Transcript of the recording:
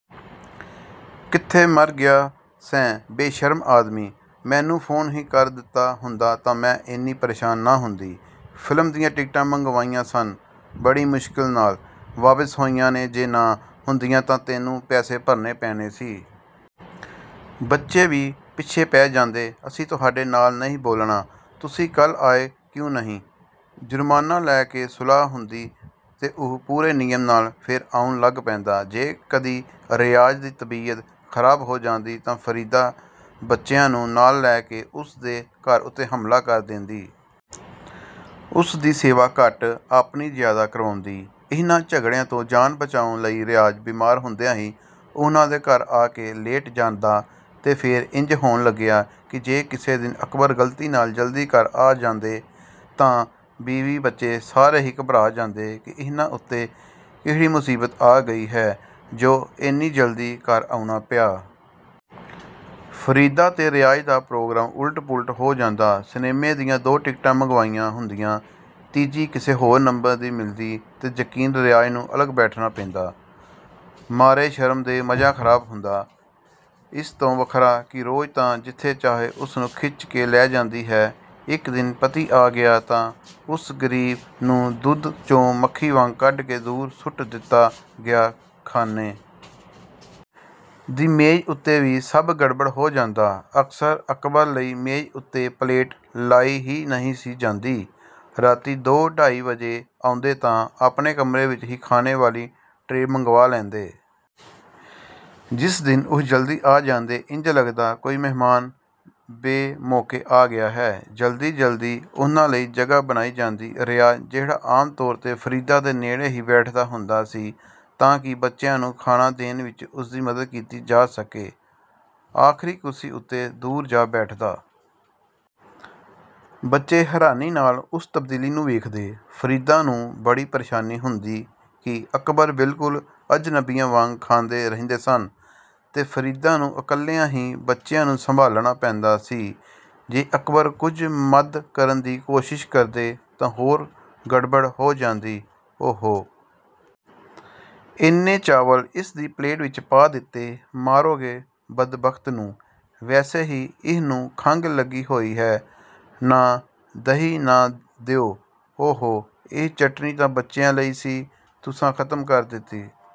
ਕਿੱਥੇ ਮਰ ਗਿਆ ਸੈਂ, ਬੇਸ਼ਰਮ ਆਦਮੀ! ਮੈਨੂੰ ਫ਼ੋਨ ਹੀ ਕਰ ਦਿੱਤਾ ਹੁੰਦਾ ਤਾਂ ਮੈਂ ਏਨੀ ਪਰੇਸ਼ਾਨ ਨਾ ਹੁੰਦੀ। ਫ਼ਿਲਮ ਦੀਆਂ ਟਿਕਟਾਂ ਮੰਗਵਾਈਆਂ ਸਨ, ਬੜੀ ਮੁਸ਼ਕਿਲ ਨਾਲ ਵਾਪਿਸ ਹੋਈਆਂ ਨੇ-- ਜੇ ਨਾ ਹੁੰਦੀਆਂ ਤਾਂ ਤੈਨੂੰ ਪੈਸੇ ਭਰਨੇ ਪੈਣੇ ਸੀ। ਬੱਚੇ ਵੀ ਪਿੱਛੇ ਪੈ ਜਾਂਦੇ -- 'ਅਸੀਂ ਤੁਹਾਡੇ ਨਾਲ ਨਹੀਂ ਬੋਲਣਾ, ਤੁਸੀਂ ਕੱਲ੍ਹ ਆਏ ਕਿਉਂ ਨਹੀਂ?' ਜੁਰਮਾਨਾ ਲੈ ਕੇ ਸੁਲਾਹ ਹੁੰਦੀ ਤੇ ਉਹ ਪੂਰੇ ਨਿਯਮ ਨਾਲ ਫੇਰ ਆਉਣ ਲੱਗ ਪੈਂਦਾ। ਜੇ ਕਦੀ ਰਿਆਜ਼ ਦੀ ਤਬੀਅਤ ਖਰਾਬ ਹੋ ਜਾਂਦੀ ਤਾਂ ਫਰੀਦਾ ਬੱਚਿਆਂ ਨੂੰ ਨਾਲ ਲੈ ਕੇ ਉਸ ਦੇ ਘਰ ਉੱਤੇ ਹਮਲਾ ਕਰ ਦੇਂਦੀ। ਉਸਦੀ ਸੇਵਾ ਘੱਟ, ਆਪਣੀ ਜ਼ਿਆਦਾ ਕਰਵਾਉਂਦੀ। ਇਹਨਾਂ ਝਗੜਿਆਂ ਤੋਂ ਜਾਨ ਬਚਾਉਣ ਲਈ ਰਿਆਜ਼ ਬਿਮਾਰ ਹੁੰਦਿਆਂ ਹੀ ਉਹਨਾਂ ਦੇ ਘਰ ਆ ਕੇ ਲੇਟ ਜਾਂਦਾ। ਤੇ ਫੇਰ ਇੰਜ ਹੋਣ ਲੱਗਿਆ ਕਿ ਜੇ ਕਿਸੇ ਦਿਨ ਅਕਬਰ ਗਲਤੀ ਨਾਲ ਜਲਦੀ ਘਰ ਆ ਜਾਂਦੇ ਤਾਂ ਬੀਵੀ ਬੱਚੇ ਸਾਰੇ ਹੀ ਘਬਰਾ ਜਾਂਦੇ ਕਿ 'ਇਹਨਾਂ ਉੱਤੇ ਕਿਹੜੀ ਮੁਸੀਬਤ ਆ ਗਈ ਹੈ ਜੋ ਏਨੀ ਜਲਦੀ ਘਰ ਆਉਣਾ ਪਿਆ?' ਫਰੀਦਾ ਤੇ ਰਿਆਜ਼ ਦਾ ਪ੍ਰੋਗਰਾਮ ਉਲਟ-ਪੁਲਟ ਹੋ ਜਾਂਦਾ --ਸਿਨੇਮੇ ਦੀਆਂ ਦੋ ਟਿਕਟ ਮੰਗਵਾਈਆਂ ਹੁੰਦੀਆਂ, ਤੀਜੀ ਕਿਸੇ ਹੋਰ ਨੰਬਰ ਦੀ ਮਿਲਦੀ ਤੇ ਯਕੀਨ ਰਿਆਜ਼ ਨੂੰ ਅਲੱਗ ਬੈਠਣਾ ਪੈਂਦਾ। ਮਾਰੇ ਸ਼ਰਮ ਦੇ ਮਜ਼ਾ ਖਰਾਬ ਹੁੰਦਾ, ਇਸ ਤੋਂ ਵੱਖਰਾ ਕਿ ਰੋਜ਼ ਤਾਂ ਜਿੱਥੇ ਚਾਹੇ ਉਸ ਨੂੰ ਖਿੱਚ ਕੇ ਲੈ ਜਾਂਦੀ ਹੈ, ਇੱਕ ਦਿਨ ਪਤੀ ਆ ਗਿਆ ਤਾਂ ਉਸ ਗਰੀਬ ਨੂੰ ਦੁੱਧ 'ਚੋਂ ਮੱਖੀ ਵਾਂਗ ਕੱਢ ਕੇ ਦੂਰ ਸੁੱਟ ਦਿੱਤਾ ਗਿਆ। ਖਾਣੇ ਦੀ ਮੇਜ਼ ਉੱਤੇ ਵੀ ਸਭ ਗੜਬੜ ਹੋ ਜਾਂਦਾ --ਅਕਸਰ, ਅਕਬਰ ਲਈ ਮੇਜ਼ ਉੱਤੇ ਪਲੇਟ ਲਾਈ ਹੀ ਨਹੀਂ ਸੀ ਜਾਂਦੀ। ਰਾਤੀਂ ਦੋ ਢਾਈ ਵਜੇ ਆਉਂਦੇ ਤਾਂ ਆਪਣੇ ਕਮਰੇ ਵਿੱਚ ਹੀ ਖਾਣੇ ਵਾਲੀ ਟਰੇ ਮੰਗਵਾ ਲੈਂਦੇ। ਜਿਸ ਦਿਨ ਉਹ ਜਲਦੀ ਆ ਜਾਂਦੇ, ਇੰਜ ਲੱਗਦਾ ਕੋਈ ਮਹਿਮਾਨ ਬੇਮੌਕੇ ਆ ਗਿਆ ਹੈ। ਜਲਦੀ-ਜਲਦੀ ਉਹਨਾਂ ਲਈ ਜਗ੍ਹਾ ਬਣਾਈ ਜਾਂਦੀ --ਰਿਆਜ਼ ਜਿਹੜਾ ਆਮ ਤੌਰ 'ਤੇ ਫਰੀਦਾ ਦੇ ਨੇੜੇ ਹੀ ਬੈਠਦਾ ਹੁੰਦਾ ਸੀ ਤਾਂਕਿ ਬੱਚਿਆਂ ਨੂੰ ਖਾਣਾ ਦੇਣ ਵਿੱਚ ਉਸਦੀ ਮਦਦ ਕੀਤੀ ਜਾ ਸਕੇ, ਆਖ਼ਰੀ ਕੁਰਸੀ ਉੱਤੇ, ਦੂਰ ਜਾ ਬੈਠਦਾ। ਬੱਚੇ ਹੈਰਾਨੀ ਨਾਲ ਉਸ ਤਬਦੀਲੀ ਨੂੰ ਵੇਖਦੇ। ਫਰੀਦਾ ਨੂੰ ਬੜੀ ਪਰੇਸ਼ਾਨੀ ਹੁੰਦੀ ਕਿ, ਅਕਬਰ ਬਿਲਕੁਲ ਅਜਨਬੀਆਂ ਵਾਂਗ ਖਾਂਦੇ ਰਹਿੰਦੇ ਸਨ ਤੇ ਫਰੀਦਾ ਨੂੰ ਇਕੱਲਿਆਂ ਹੀ ਬੱਚਿਆਂ ਨੂੰ ਸੰਭਾਲਣਾ ਪੈਂਦਾ ਸੀ। ਜੇ ਅਕਬਰ ਕੁਝ ਮਦ ਕਰਨ ਦੀ ਕੋਸ਼ਿਸ਼ ਕਰਦੇ ਤਾਂ ਹੋਰ ਗੜਬੜ ਹੋ ਜਾਂਦੀ --"ਓ-ਹੋ! ਏਨੇ ਚਾਵਲ ਇਸ ਦੀ ਪਲੇਟ ਵਿੱਚ ਪਾ ਦਿੱਤੇ-- ਮਾਰੋਗੇ ਬਦਬਖ਼ਤ ਨੂੰ। ਵੈਸੇ ਹੀ ਇਹਨੂੰ ਖੰਘ ਲੱਗੀ ਹੋਈ ਹੈ। ਨਾ, ਦਹੀਂ ਨਾ ਦਿਓ। ਓ-ਹੋ ਇਹ ਚਟਨੀ ਤਾਂ ਬੱਚਿਆਂ ਲਈ ਸੀ --ਤੁਸਾਂ ਖਤਮ ਕਰ ਦਿੱਤੀ।"